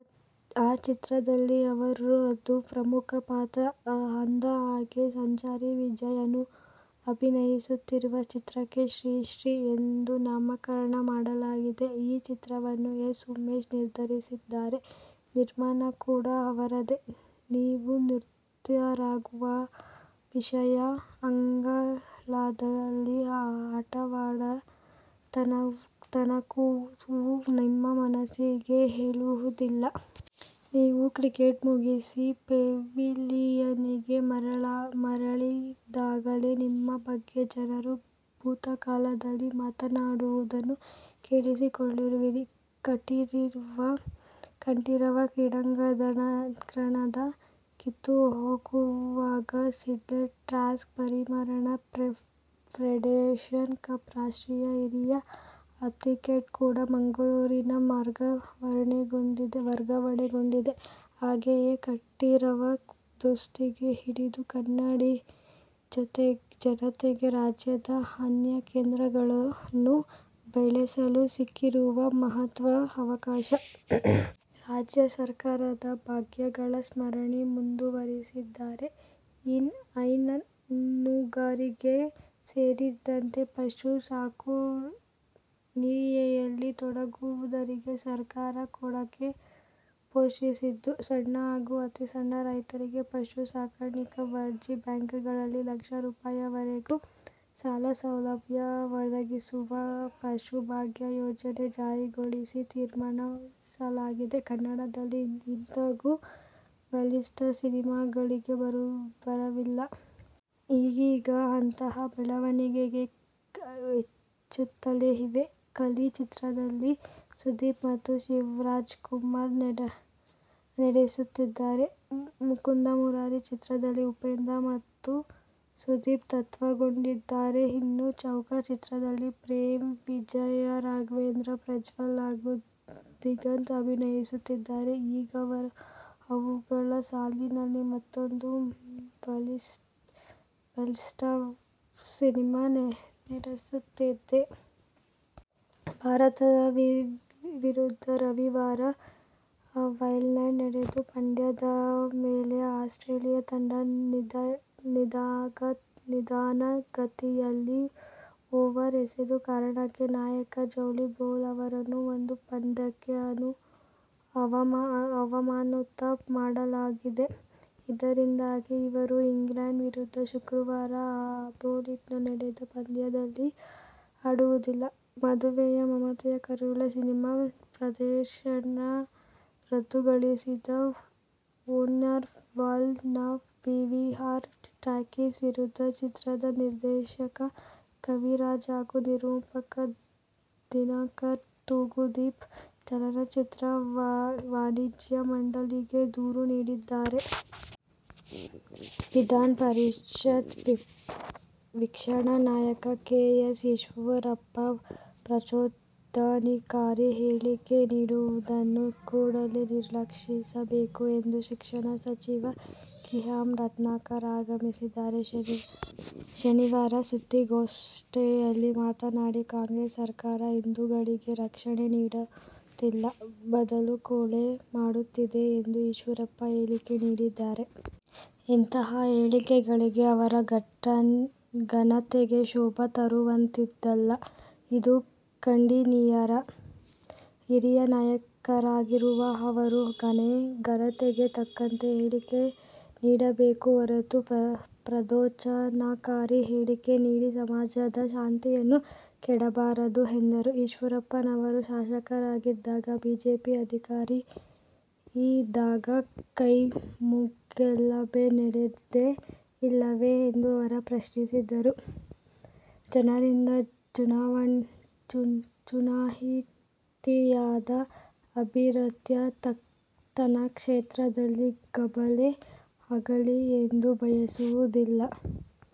ಆ ಚಿತ್ರದಲ್ಲಿ ಅವರದು ಪ್ರಮುಖ ಪಾತ್ರ. ಅಂದಹಾಗೆ, ಸಂಚಾರಿ ವಿಜಯ್ ಅಭಿನಯಿಸುತ್ತಿರುವ ಚಿತ್ರಕ್ಕೆ "ಶ್ರೀ ಶ್ರೀ.. ' ಎಂದು ನಾಮಕರಣ ಮಾಡಲಾಗಿದೆ. ಈ ಚಿತ್ರವನ್ನು ಎಸ್. ಉಮೇಶ್ ನಿರ್ದೇಶಿಸುತ್ತಿದ್ದಾರೆ. ನಿರ್ಮಾಣ ಕೂಡ ಅವರದೇ. "ನೀವು ನಿವೃತ್ತರಾಗುವ ವಿಷಯ ಅಂಗಳದಲ್ಲಿ ಆಟವಾಡುವ ತನಕವೂ ನಿಮ್ಮ ಮನಸ್ಸಿಗೆ ಹೊಳೆಯುವುದಿಲ್ಲ. ನೀವು ಕ್ರಿಕೆಟ್ ಮುಗಿಸಿ ಪೆವಿಲಿಯನ್ನಿಗೆ ಮರಳಿದಾಗಲೇ ನಿಮ್ಮ ಬಗ್ಗೆ ಜನರು ಭೂತಕಾಲದಲ್ಲಿ ಮಾತನಾಡುವುದನ್ನು ಕೇಳಿಸಿಕೊಳ್ಳುವಿರಿ' ಕಂಠೀರವ ಕ್ರೀಡಾಂಗಣದ ಕಿತ್ತುಹೋಗಿರುವ ಸಿಂಥೆಟಿಕ್ ಟ್ರ್ಯಾಕ್ನ ಪರಿಣಾಮ ಫೆಡರೇಷನ್ ಕಪ್ ರಾಷ್ಟ್ರೀಯ ಹಿರಿಯರ ಆ್ಯತ್ಲೆಟಿಕ್ ಕೂಟ ಮಂಗಳೂರಿಗೆ ವರ್ಗಾವಣೆಗೊಂಡಿದೆ. ಹಾಗೆಯೇ ಕಂಠೀರವದ ದುಸ್ಥಿತಿಗೆ ಹಿಡಿದ ಕನ್ನಡಿ, ಜತೆಗೆ ರಾಜ್ಯದ ಅನ್ಯಕೇಂದ್ರಗಳನ್ನು ಬೆಳೆಸಲು ಸಿಕ್ಕಿರುವ ಮಹತ್ವದ ಅವಕಾಶ! ರಾಜ್ಯ ಸರ್ಕಾರದ ಭಾಗ್ಯಗಳ ಸರಣಿ ಮುಂದುವರಿದಿದೆ. ಹೈನುಗಾರಿಕೆ ಸೇರಿದಂತೆ ಪಶು ಸಾಕಾಣಿಕೆಯಲ್ಲಿ ತೊಡಗುವವರಿಗೆ ಸರ್ಕಾರ ಕೊಡುಗೆ ಘೋಷಿಸಿದ್ದು, ಸಣ್ಣ ಹಾಗೂ ಅತಿ ಸಣ್ಣ ರೈತರಿಗೆ ಪಶು ಸಾಕಾಣಿಕೆಗೆ ವಾಣಿಜ್ಯ ಬ್ಯಾಂಕುಗಳಲ್ಲಿ ಲಕ್ಷ ರೂ. ವರೆಗೆ ಸಾಲ ಸೌಲಭ್ಯ ಒದಗಿಸುವ "ಪಶು ಭಾಗ್ಯ'ಯೋಜನೆ ಜಾರಿಗೊಳಿಸಲು ತೀರ್ಮಾನಿಸಲಾಗಿದೆ. ಕನ್ನಡದಲ್ಲಿ ಈಗಂತೂ ಮಲ್ಟಿಸ್ಟಾರ್ ಸಿನಿಮಾಗಳಿಗೆ ಬರವಿಲ್ಲ. ಈಗೀಗ ಅಂತಹ ಬೆಳವಣಿಗೆಗಳು ಹೆಚ್ಚುತ್ತಲೇ ಇವೆ. "ಕಲಿ' ಚಿತ್ರದಲ್ಲಿ ಸುದೀಪ್ ಮತ್ತು ಶಿವರಾಜ್ಕುಮಾರ್ ನಟಿಸುತ್ತಿದ್ದಾರೆ. "ಮುಕುಂದ ಮುರಾರಿ' ಚಿತ್ರದಲ್ಲಿ ಉಪೇಂದ್ರ ಮತ್ತು ಸುದೀಪ್ಜತೆಗೂಡಿದ್ದಾರೆ. ಇನ್ನು, "ಚೌಕ' ಚಿತ್ರದಲ್ಲಿ ಪ್ರೇಮ್, ವಿಜಯರಾಘವೇಂದ್ರ, ಪ್ರಜ್ವಲ್ ಹಾಗು ದಿಗಂತ್ ಅಭಿನಯಿಸುತ್ತಿದ್ದಾರೆ. ಈಗ ಅವುಗಳ ಸಾಲಿಗೆ ಮತ್ತೂಂದು ಮಲ್ಟಿಸ್ಟಾರ್ ಸಿನಿಮಾ ಸೆಟ್ಟೇರುತ್ತಿದೆ. ಭಾರತ ವಿರುದ್ಧ ರವಿವಾರ ಮೆಲ್ಬರ್ನ್ನಲ್ಲಿ ನಡೆದ ಪಂದ್ಯದ ವೇಳೆ ಆಸ್ಟ್ರೇಲಿಯ ತಂಡ ನಿಧಾನಗತಿಯಲ್ಲಿ ಓವರ್ ಎಸೆದ ಕಾರಣಕ್ಕಾಗಿ ನಾಯಕ ಜಾರ್ಜ್ ಬೈಲಿ ಅವರನ್ನು ಒಂದು ಪಂದ್ಯಕ್ಕೆ ಅಮಾನತು ಮಾಡಲಾಗಿದೆ. ಇದರಿಂದಾಗಿ ಅವರು ಇಂಗ್ಲೆಂಡ್ ವಿರುದ್ಧ ಶುಕ್ರವಾರ ಹೋಬರ್ಟ್ನಲ್ಲಿ ನಡೆಯುವ ಪಂದ್ಯದಲ್ಲಿ ಆಡುವುದಿಲ್ಲ. ಮದುವೆಯ ಮಮತೆಯ ಕರೆಯೋಲೆ ಸಿನಿಮಾ ಪ್ರದರ್ಶನ ರದ್ದುಗೊಳಿಸಿದ ಒರಾಯನ್ ಮಾಲ್ ನ ಪಿವಿಆರ್ ಟಾಕೀಸ್ ವಿರುದ್ಧ ಚಿತ್ರದ ನಿರ್ದೇಶಕ ಕವಿರಾಜ್ ಹಾಗೂ ನಿರ್ಮಾಪಕ ದಿನಕರ್ ತೂಗುದೀಪ್ ಚಲನಚಿತ್ರ ವಾಣಿಜ್ಯ ಮಂಡಳಿಗೆ ದೂರು ನೀಡಿದ್ದಾರೆ. ವಿಧಾನ ಪರಿಷತ್ ವಿಪಕ್ಷ ನಾಯಕ ಕೆ. ಎಸ್. ಈಶ್ವರಪ್ಪ ಪ್ರಚೋದನಾಕಾರಿ ಹೇಳಿಕೆ ನೀಡುವುದನ್ನು ಕೂಡಲೇ ನಿಲ್ಲಿಸಬೇಕು ಎಂದು ಶಿಕ್ಷಣ ಸಚಿವ ಕಿಮ್ಮನೆ ರತ್ನಾಕರ್ ಆಗ್ರಹಿಸಿದ್ದಾರೆ. ಶನಿವಾರ ಸುದ್ದಿಗೋಷ್ಠಿಯಲ್ಲಿ ಮಾತನಾಡಿ, ಕಾಂಗ್ರೆಸ್ ಸರ್ಕಾರ ಹಿಂದೂಗಳಿಗೆ ರಕ್ಷಣೆ ನೀಡುತ್ತಿಲ್ಲ. ಬದಲು ಕೊಲೆ ಮಾಡುತ್ತಿದೆ ಎಂದು ಈಶ್ವರಪ್ಪ ಹೇಳಿಕೆ ನೀಡಿದ್ದಾರೆ. ಇಂತಹ ಹೇಳಿಕೆಗಳು ಅವರ ಘನತೆಗೆ ಶೋಭೆ ತರುವಂತದ್ದಲ್ಲ. ಇದು ಖಂಡನೀಯ. ಹಿರಿಯ ನಾಯಕರಾಗಿರುವ ಅವರು ಘನತೆಗೆ ತಕ್ಕಂತೆ ಹೇಳಿಕೆ ನೀಡಬೇಕೇ ಹೊರತು, ಪ್ರಚೋದನಕಾರಿ ಹೇಳಿಕೆ ನೀಡಿ ಸಮಾಜದ ಶಾಂತಿಯನ್ನು ಕದಡಬಾರದು ಎಂದರು. ಈಶ್ವರಪ್ಪನವರು ಶಾಸಕರಾಗಿದ್ದಾಗ, ಬಿಜೆಪಿ ಅಧಿಕಾರದಲ್ಲಿದ್ದಾಗ ಕೋಮುಗಲಭೆ ನಡೆದೇ ಇಲ್ಲವೇ ಎಂದು ಅವರು ಪ್ರಶ್ನಿಸಿದರು. ಜನರಿಂದ ಚುನಾಯಿತನಾದ ಅಭ್ಯರ್ಥಿ ತನ್ನ ಕ್ಷೇತ್ರದಲ್ಲಿ ಗಲಭೆ ಆಗಲಿ ಎಂದು ಬಯಸುವುದಿಲ್ಲ.